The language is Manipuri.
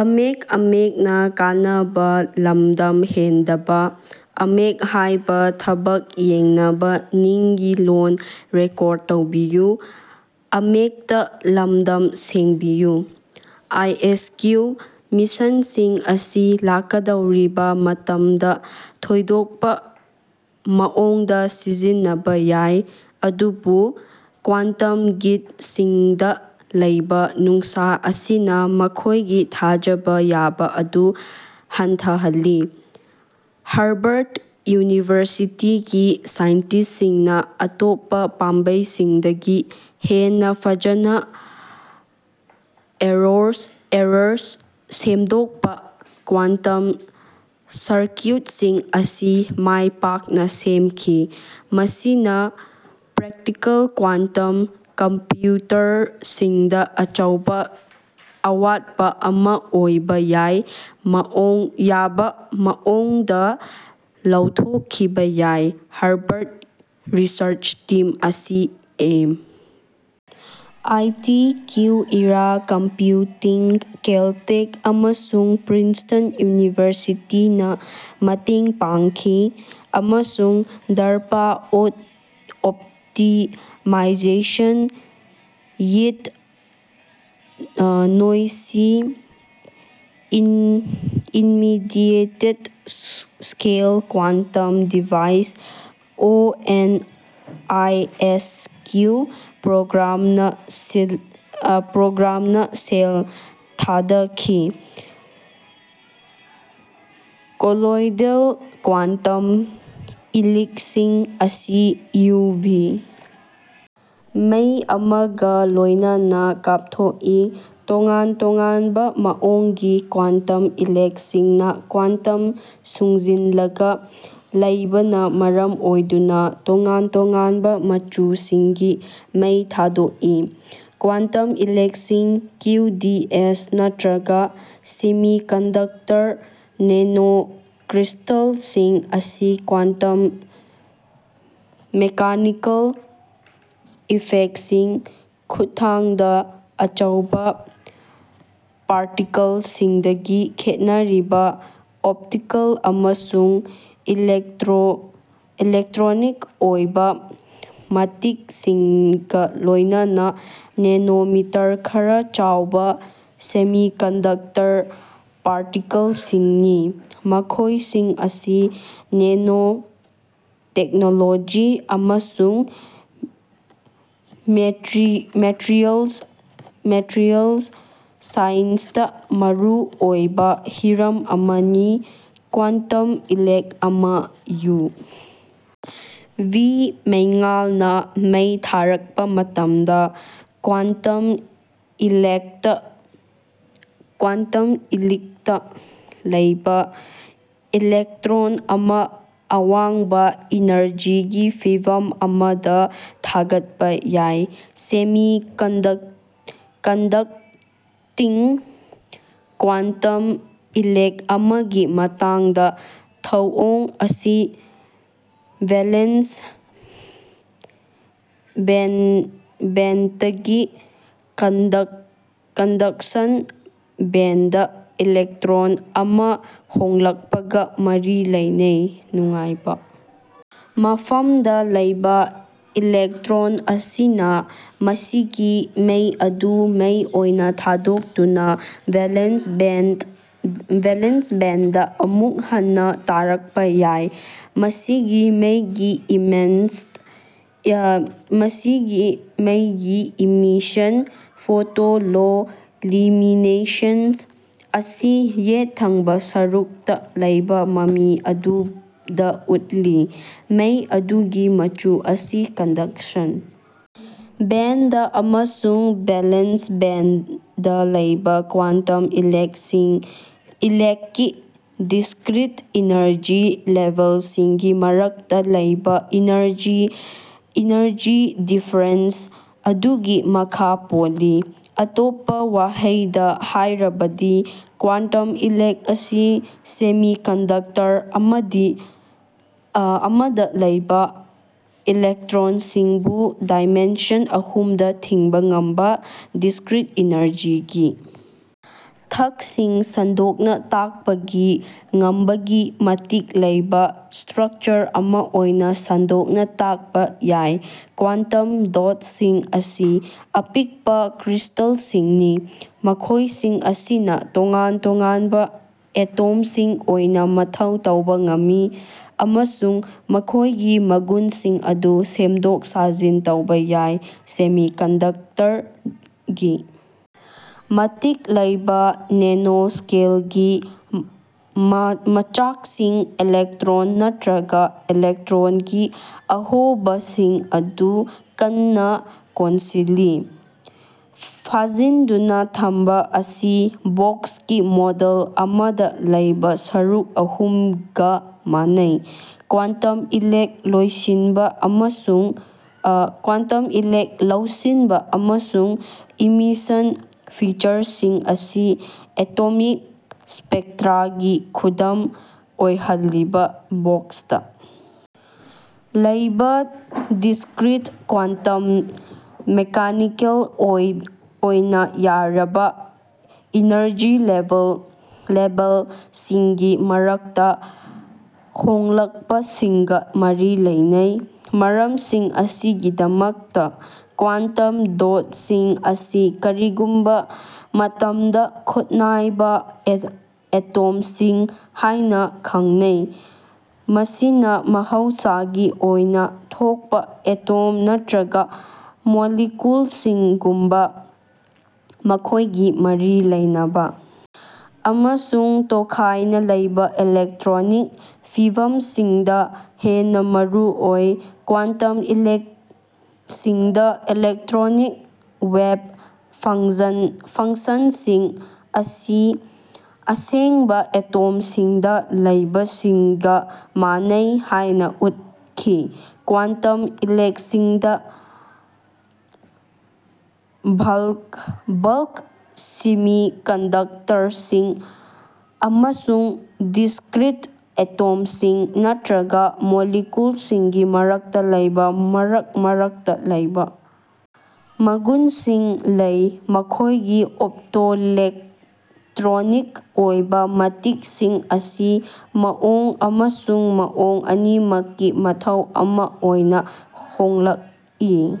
(ꯑꯥꯏ. ꯑꯦꯁ. ꯀꯤꯎ) ꯃꯦꯁꯤꯟꯁꯤꯡ ꯑꯁꯤ ꯂꯥꯛꯀꯗꯧꯔꯤꯕ ꯃꯇꯝꯗ ꯊꯣꯏꯗꯣꯛꯄ ꯃꯑꯣꯡꯗ ꯁꯤꯖꯤꯟꯅꯕ ꯌꯥꯏ, ꯑꯗꯨꯕꯨ ꯀ꯭ꯋꯥꯟꯇꯝ ꯒꯦꯠꯁꯤꯡꯗ ꯂꯩꯕ ꯅꯨꯡꯁꯥ ꯑꯁꯤꯅ ꯃꯈꯣꯏꯒꯤ ꯊꯥꯖꯕ ꯌꯥꯕ ꯑꯗꯨ ꯍꯟꯊꯍꯜꯂꯤ꯫ꯍꯔꯕꯔ꯭ꯗ ꯌꯨꯅꯤꯚꯔꯁꯤꯇꯤꯒꯤ ꯁꯥꯏꯟꯇꯤꯁꯁꯤꯡꯅ ꯑꯇꯣꯞꯄ ꯄꯥꯝꯕꯩꯁꯤꯡꯗꯒꯤ ꯍꯦꯟꯅ ꯐꯖꯅ ꯑꯔꯣꯁ ꯑꯔꯣꯔꯁ ꯁꯦꯝꯗꯣꯛꯄ "ꯀ꯭ꯋꯥꯟꯇꯝ ꯁꯔꯀ꯭ꯌꯨꯠꯁꯤꯡ" ꯑꯁꯤ ꯃꯥꯏ ꯄꯥꯛꯅ ꯁꯦꯝꯈꯤ, ꯃꯁꯤꯅ ꯄ꯭ꯔꯦꯛꯇꯤꯀꯦꯜ ꯀ꯭ꯋꯥꯟꯇꯝ ꯀꯝꯄ꯭ꯌꯨꯇꯔꯁꯤꯡꯗ ꯑꯆꯧꯕ ꯑꯋꯥꯠꯄ ꯑꯃ ꯑꯣꯏꯕ ꯌꯥꯕ ꯃꯥꯑꯣꯡ ꯌꯥꯕꯥ ꯃꯑꯣꯡꯗ ꯂꯧꯊꯣꯛꯈꯤꯕ ꯌꯥꯏ꯫ ꯍꯔꯕꯔ꯭ꯗ ꯔꯤꯁꯔ꯭ꯆ ꯇꯤꯝ ꯑꯁꯤ M. I. T., QuEra computing, Caltech, ꯑꯃꯁꯨꯡ ꯄ꯭ꯔꯤꯟꯁꯇꯟ ꯌꯨꯅꯤꯚꯔꯁꯤꯇꯤꯅ ꯃꯇꯦꯡ ꯄꯥꯡꯈꯤ ꯑꯃꯁꯨꯡ ꯗꯥꯔꯄꯥ ꯑꯣꯠ optimization with noisy intermediate scale quantum devices (O. N. I. S. Q) program ꯅ ꯁꯦꯜ ꯊꯥꯗꯈꯤ꯫ ꯀꯣꯂꯣꯏꯗꯦꯜ ꯀ꯭ꯋꯥꯟꯇꯝ ꯏꯂꯤꯛꯁꯤꯡ ꯑꯁꯤ ꯌꯨ. ꯚꯤ. ꯃꯩ ꯑꯃꯒ ꯂꯣꯏꯅꯅ ꯀꯥꯞꯊꯣꯛꯏ꯫ ꯇꯣꯉꯥꯟ-ꯇꯣꯉꯥꯟꯕ ꯃꯑꯣꯡꯒꯤ ꯀ꯭ꯋꯥꯟꯇꯝ ꯏꯂꯤꯛꯁꯤꯡꯅ ꯀ꯭ꯋꯥꯟꯇꯝ ꯁꯨꯡꯖꯤꯟꯂꯒ ꯂꯩꯕꯅ ꯃꯔꯝ ꯑꯣꯏꯗꯨꯅ ꯇꯣꯉꯥꯟ-ꯇꯣꯉꯥꯟꯕ ꯃꯆꯨꯁꯤꯡꯒꯤ ꯃꯩ ꯊꯥꯗꯣꯛꯏ꯫ ꯀ꯭ꯋꯥꯟꯇꯝ ꯏꯂꯤꯛꯁꯤꯡ (ꯀ꯭ꯌꯨ. ꯗꯤ. ꯑꯦꯁ.) ꯅꯠꯇ꯭ꯔꯒ ꯁꯦꯃꯤꯀꯟꯗꯛꯇꯔ ꯅꯦꯅꯣꯀ꯭ꯔꯤꯁꯇꯜꯁꯤꯡ ꯑꯁꯤ ꯀ꯭ꯋꯥꯟꯇꯝ ꯃꯦꯀꯥꯅꯤꯀꯦꯜ ꯏꯐꯦꯛꯁꯤꯡ ꯈꯨꯠꯊꯥꯡꯗ ꯑꯆꯧꯕ ꯄꯥꯔꯇꯤꯀꯜꯁꯤꯡꯗꯒꯤ ꯈꯦꯠꯅꯔꯤꯕ ꯑꯣꯞꯇꯤꯀꯦꯜ ꯑꯃꯁꯨꯡ ꯏꯂꯦꯛꯇ꯭ꯔꯣꯅꯤꯛ ꯑꯣꯏꯕ ꯃꯇꯤꯛꯁꯤꯡꯒ ꯂꯣꯏꯅꯅ ꯅꯦꯅꯣꯃꯤꯇꯔ ꯈꯔ ꯆꯥꯎꯕ ꯁꯦꯃꯤꯀꯟꯗꯛꯇꯔ ꯄꯥꯔꯇꯤꯀꯜꯁꯤꯡꯅꯤ꯫ ꯃꯈꯣꯏꯁꯤꯡ ꯑꯁꯤ ꯅꯦꯅꯣ ꯇꯦꯛꯅꯣꯂꯣꯖꯤ ꯑꯃꯁꯨꯡ ꯃꯦꯇ꯭ꯔꯤꯌꯦꯜꯁ ꯁꯥꯏꯟ꯭ꯁꯇ ꯃꯔꯨ ꯑꯣꯏꯕ ꯍꯤꯔꯝ ꯑꯃꯅꯤ꯫ ꯀ꯭ꯋꯥꯟꯇꯝ ꯏꯂꯤꯛ ꯑꯃ ꯌꯨ. ꯚꯤ. ꯃꯩꯉꯥꯜꯅ ꯃꯩ ꯊꯥꯔꯛꯄ ꯃꯇꯝꯗ, ꯀ꯭ꯋꯥꯟꯇꯝ ꯏꯂꯤꯛꯇ ꯂꯩꯕ ꯏꯂꯦꯛꯇ꯭ꯔꯣꯟ ꯑꯃ ꯑꯋꯥꯡꯕ ꯏꯅꯔꯖꯤꯒꯤ ꯐꯤꯚꯝ ꯑꯃꯗ ꯊꯥꯒꯠꯄ ꯌꯥꯏ꯫ ꯁꯦꯃꯤꯀꯣꯟꯗꯛꯇꯤꯡ ꯀ꯭ꯋꯥꯟꯇꯝ ꯏꯂꯤꯛ ꯑꯃꯒꯤ ꯃꯇꯥꯡꯗ, ꯊꯧꯑꯣꯡ ꯑꯁꯤ ꯚꯦꯂꯦꯟꯁ ꯕꯦꯟꯗꯇꯒꯤ ꯀꯟꯗꯛꯁꯟ ꯕꯦꯟꯗꯗ ꯏꯂꯦꯛꯇ꯭ꯔꯣꯟ ꯑꯃ ꯍꯣꯡꯂꯛꯄꯒ ꯃꯔꯤ ꯂꯩꯅꯩ꯫ ꯅꯨꯉꯥꯏꯕ ꯃꯐꯝꯗ ꯂꯩꯕ ꯏꯂꯦꯛꯇ꯭ꯔꯣꯟ ꯑꯁꯤꯅ ꯃꯁꯤꯒꯤ ꯃꯩ ꯑꯗꯨ ꯃꯩ ꯑꯣꯏꯅ ꯊꯥꯗꯣꯛꯇꯨꯅ ꯚꯦꯂꯦꯟꯁ ꯕꯦꯟꯗ ꯑꯃꯨꯛ ꯍꯟꯅ ꯇꯥꯔꯛꯄ ꯌꯥꯏ꯫ ꯃꯁꯤꯒꯤ ꯃꯩꯒꯤ ꯏꯃꯤꯁꯟ (ꯐꯣꯇꯣꯂꯣꯂꯤꯃꯤꯅꯦꯁꯦꯟꯁ) ꯑꯁꯤ ꯌꯦꯠ ꯊꯪꯕ ꯁꯔꯨꯛꯇ ꯂꯩꯕ ꯃꯃꯤ ꯑꯗꯨꯗ ꯎꯠꯂꯤ꯫ ꯃꯩ ꯑꯗꯨꯒꯤ ꯃꯆꯨ ꯑꯁꯤ ꯀꯟꯗꯛꯁꯟ ꯕꯦꯟꯗ ꯑꯃꯁꯨꯡ ꯚꯦꯂꯦꯟꯁ ꯕꯦꯟꯗ ꯂꯩꯕ ꯀ꯭ꯋꯥꯟꯇꯝ ꯏꯂꯤꯛꯀꯤ ꯗꯤꯁ꯭ꯀ꯭ꯔꯤꯠ ꯏꯅꯔꯖꯤ ꯂꯦꯕꯦꯜꯁꯤꯡꯒꯤ ꯃꯔꯛꯇ ꯂꯩꯕ ꯏꯅꯔꯖꯤ ꯗꯤꯐꯔꯦꯟꯁ ꯑꯗꯨꯒꯤ ꯃꯈꯥ ꯄꯣꯜꯂꯤ꯫ ꯑꯇꯣꯞꯄ ꯋꯥꯍꯩꯗ ꯍꯥꯏꯔꯕꯗꯤ, ꯀ꯭ꯋꯥꯟꯇꯝ ꯏꯂꯤꯛ ꯑꯁꯤ ꯁꯦꯃꯤꯀꯟꯗꯛꯇꯔ ꯑꯃꯗ ꯂꯩꯕ ꯏꯂꯦꯛꯇ꯭ꯔꯣꯟꯁꯤꯡꯕꯨ ꯗꯥꯏꯃꯦꯟꯁꯟ ꯑꯍꯨꯝꯗ ꯊꯤꯡꯕ ꯉꯝꯕ, ꯗꯤꯁꯀ꯭ꯔꯤꯠ ꯏꯅꯔꯖꯤꯒꯤ ꯊꯥꯛꯁꯤꯡ ꯁꯟꯗꯣꯛꯅ ꯇꯥꯛꯄꯒꯤ ꯉꯝꯕꯒꯤ ꯃꯇꯤꯛ ꯂꯩꯕ ꯁꯇ꯭ꯔꯛꯆꯔ ꯑꯃ ꯑꯣꯏꯅ ꯁꯟꯗꯣꯛꯅ ꯇꯥꯛꯄ ꯌꯥꯏ꯫ ꯀ꯭ꯋꯥꯟꯇꯝ ꯗꯣꯠꯁꯤꯡ ꯑꯁꯤ ꯑꯄꯤꯛꯄ ꯀ꯭ꯔꯤꯁꯇꯦꯜꯁꯤꯡꯅꯤ, ꯃꯈꯣꯏꯁꯤꯡ ꯑꯁꯤꯅ ꯇꯣꯉꯥꯟ-ꯇꯣꯉꯥꯟꯕ ꯑꯦꯇꯣꯝꯁꯤꯡ ꯑꯣꯏꯅ ꯃꯊꯧ ꯇꯧꯕ ꯉꯝꯃꯤ, ꯑꯃꯁꯨꯡ ꯃꯈꯣꯏꯒꯤ ꯃꯒꯨꯟꯁꯤꯡ ꯑꯗꯨ ꯁꯦꯝꯗꯣꯛ-ꯁꯥꯖꯤꯟ ꯇꯧꯕ ꯌꯥꯏ꯫ ꯁꯦꯃꯤꯀꯟꯗꯛꯇꯔꯒꯤ ꯃꯇꯤꯛ ꯂꯩꯕ ꯅꯦꯅꯣꯁ꯭ꯀꯦꯜꯒꯤ ꯃꯆꯥꯛꯁꯤꯡ ꯏꯂꯦꯛꯇ꯭ꯔꯣꯟ ꯅꯠꯇ꯭ꯔꯒ ꯏꯂꯦꯛꯇ꯭ꯔꯣꯟꯒꯤ ꯑꯍꯣꯕꯁꯤꯡ ꯑꯗꯨ ꯀꯟꯅ ꯀꯣꯟꯁꯤꯜꯂꯤ꯫ ꯐꯥꯖꯤꯟꯗꯨꯅ ꯊꯝꯕ ꯑꯁꯤ ꯕꯣꯛꯁꯀꯤ ꯃꯣꯗꯦꯜ ꯑꯃꯗ ꯂꯩꯕ ꯁꯔꯨꯛ ꯑꯍꯨꯝꯒ ꯃꯥꯟꯅꯩ꯫ ꯀ꯭ꯋꯥꯟꯇꯝ ꯏꯂꯤꯛ ꯂꯧꯁꯤꯟꯕ ꯑꯃꯁꯨꯡ ꯏꯃꯤꯁꯟ ꯐꯤꯆꯔꯁꯤꯡ ꯑꯁꯤ ꯑꯦꯇꯣꯃꯤꯛ ꯁ꯭ꯄꯦꯛꯇ꯭ꯔꯥꯒꯤ ꯈꯨꯗꯝ ꯑꯣꯏꯍꯜꯂꯤꯕ ꯕꯣꯛꯁꯇ ꯂꯩꯕ ꯗꯤꯁꯀ꯭ꯔꯤꯠ ꯀ꯭ꯋꯥꯟꯇꯝ ꯃꯦꯀꯥꯅꯤꯀꯦꯜ ꯑꯣꯏꯅ ꯌꯥꯔꯕ ꯏꯅꯔꯖꯤ ꯂꯦꯕꯦꯜꯁꯤꯡꯒꯤ ꯃꯔꯛꯇ ꯍꯣꯡꯂꯛꯄꯁꯤꯡꯒ ꯃꯔꯤ ꯂꯩꯅꯩ꯫ ꯃꯔꯝꯁꯤꯡ ꯑꯁꯤꯒꯤꯗꯃꯛꯇ, ꯀ꯭ꯋꯥꯟꯇꯝ ꯗꯣꯠꯁꯤꯡ ꯑꯁꯤ ꯀꯔꯤꯒꯨꯝꯕ ꯃꯇꯝꯗ ꯈꯨꯠꯅꯥꯏꯕ ꯑꯦꯇꯣꯝꯁꯤꯡ ꯍꯥꯏꯅ ꯈꯪꯅꯩ, ꯃꯁꯤꯅ ꯃꯍꯧꯁꯥꯒꯤ ꯑꯣꯏꯅ ꯊꯣꯛꯄ ꯑꯦꯇꯣꯝ ꯅꯠꯇ꯭ꯔꯒ ꯃꯣꯂꯤꯀꯨꯜꯁꯤꯡꯒꯨꯝꯕ ꯃꯈꯣꯏꯒꯤ ꯃꯔꯤ ꯂꯩꯅꯕ ꯑꯃꯁꯨꯡ ꯇꯣꯈꯥꯏꯅ ꯂꯩꯕ ꯏꯂꯦꯛꯇ꯭ꯔꯣꯅꯤꯛ ꯐꯤꯚꯝꯁꯤꯡꯗ ꯍꯦꯟꯅ ꯃꯔꯨ ꯑꯣꯏ꯫ ꯀ꯭ꯋꯥꯟꯇꯝ ꯏꯂꯤꯛꯁꯤꯡꯗ ꯏꯂꯦꯛꯇ꯭ꯔꯣꯅꯤꯛ ꯋꯦꯕ ꯐꯡꯁꯟꯁꯤꯡ ꯑꯁꯤ ꯑꯁꯦꯡꯕ ꯑꯦꯇꯣꯝꯁꯤꯡꯗ ꯂꯩꯕꯁꯤꯡꯒ ꯃꯥꯟꯅꯩ ꯍꯥꯏꯅ ꯎꯠꯈꯤ꯫ ꯀ꯭ꯋꯥꯟꯇꯝ ꯏꯂꯤꯛꯁꯤꯡꯗ ꯕꯜꯛ ꯁꯦꯃꯤꯀꯟꯗꯛꯇꯔꯁꯤꯡ ꯑꯃꯁꯨꯡ ꯗꯤꯁ꯭ꯀ꯭ꯔꯤꯠ ꯑꯦꯇꯣꯝꯁꯤꯡ ꯅꯠꯇ꯭ꯔꯒ ꯃꯣꯂꯤꯀꯨꯜꯁꯤꯡꯒꯤ ꯃꯔꯛꯇ ꯂꯩꯕ ꯃꯔꯛ-ꯃꯔꯛꯇ ꯂꯩꯕ ꯃꯒꯨꯟꯁꯤꯡ ꯂꯩ꯫ ꯃꯈꯣꯏꯒꯤ ꯑꯣꯞꯇꯣꯂꯦꯛꯇ꯭ꯔꯣꯅꯤꯛ ꯑꯣꯏꯕ ꯃꯇꯤꯛꯁꯤꯡ ꯑꯁꯤ ꯃꯑꯣꯡ ꯑꯃꯁꯨꯡ ꯃꯑꯣꯡ ꯑꯅꯤꯃꯛꯀꯤ ꯃꯊꯧ ꯑꯃ ꯑꯣꯏꯅ ꯍꯣꯡꯂꯛꯏ꯫